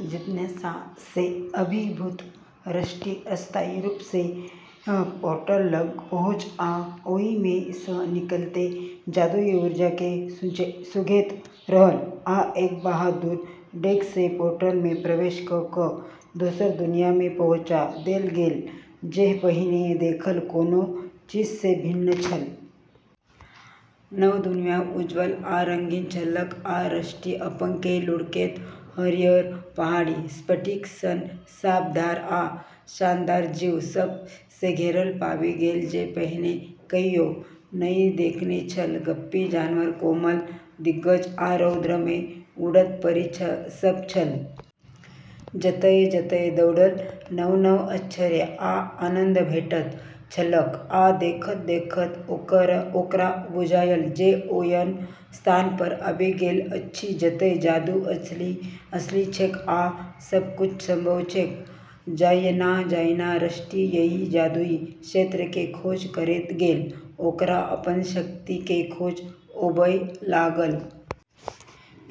जिज्ञासा सँ अभिभूत रस्टी अस्थायी रूप सँ पोर्टल लग पहुँचल आ ओहि मे सँ निकलैत जादुई ऊर्जा के सूंघैत रहल। आ एक बहादुर डेग सँ पोर्टल मे प्रवेश क' क' दोसर दुनिया मे पहुँचा देल गेल, जे पहिने देखल कोनो चीज सँ भिन्न छल। नव दुनिया उज्ज्वल आ रंगीन छलैक, आ रस्टी अपन केँ लुढ़कैत हरियर पहाड़ी, स्फटिक सन साफ धार आ शानदार जीव सब सँ घेरल पाबि गेल जे पहिने कहियो नहि देखने छल। गप्पी जानवर, कोमल दिग्गज, आ रौद मे उड़ैत परी सब छल। जतय-जतय दौड़ल, नव-नव आश्चर्य आ आनन्द भेटैत छलैक, आ देखैत-देखैत ओकरा बुझायल जे ओ एहन स्थान पर आबि गेल अछि जतय जादू असली छैक आ सब किछु संभव छैक। जहिना-जहिना रस्टी एहि जादुई क्षेत्र के खोज करैत गेल, ओकरा अपन शक्ति के खोज होबय लागल।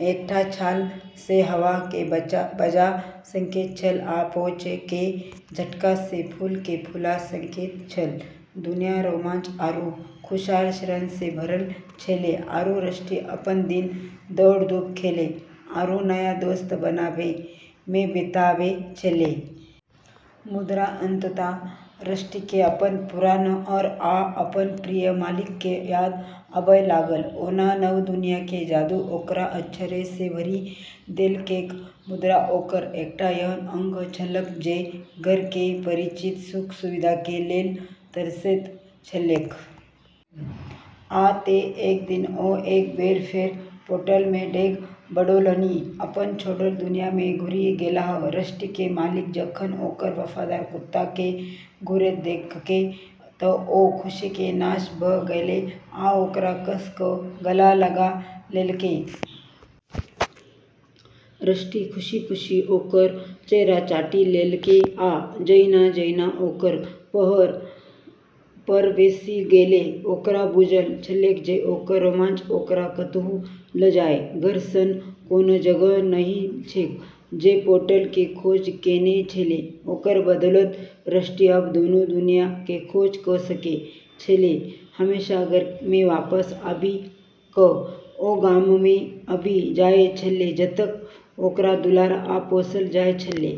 एकटा छाल सँ हवा केँ बजा सकैत छल आ पूँछ के झटका सँ फूल केँ फूला सकैत छल। दुनिया रोमांच आरू खुशहाल क्षण सँ भरल छेलै, आरू रस्टी अपन दिन दौड़-धूप, खेलै, आरू नया दोस्त बनाबै मे बिताबै छेलै। मुदा अंततः रस्टी के अपन पुरान घर आ अपन प्रिय मालिक के याद आबय लागल। ओना नव दुनिया के जादू ओकरा आश्चर्य सँ भरि देलकैक मुदा ओकर एकटा एहन अंग छलैक जे घर के परिचित सुख-सुविधा के लेल तरसैत छलैक। आ तें, एक दिन, ओ एक बेर फेर पोर्टल सँ डेग बढ़ौलनि, अपन छोड़ल दुनिया मे घुरि गेलाह। रस्टी के मालिक जखन ओकर वफादार कुत्ता के घुरैत देखलकै तऽ ओ खुशी के नाश भऽ गेलै आ ओकरा कस कऽ गला लगा लेलकै। रस्टी खुशी-खुशी ओकर चेहरा चाटि लेलकै, आ जहिना-जहिना ओकर पएर पर बैसि गेलै, ओकरा बुझल छलैक जे ओकर रोमांच ओकरा कतहु ल' जाय, घर सन कोनो जगह नहि छैक। जे पोर्टल के खोज केने छेलै, ओकर बदौलत रस्टी अब दोनों दुनिया के खोज क' सकै छेलै, हमेशा घर मे वापस आबि कऽ ओ गाँममे आबि जाइत छलै, जतय ओकरा दुलार आ पोसल जाय छलै।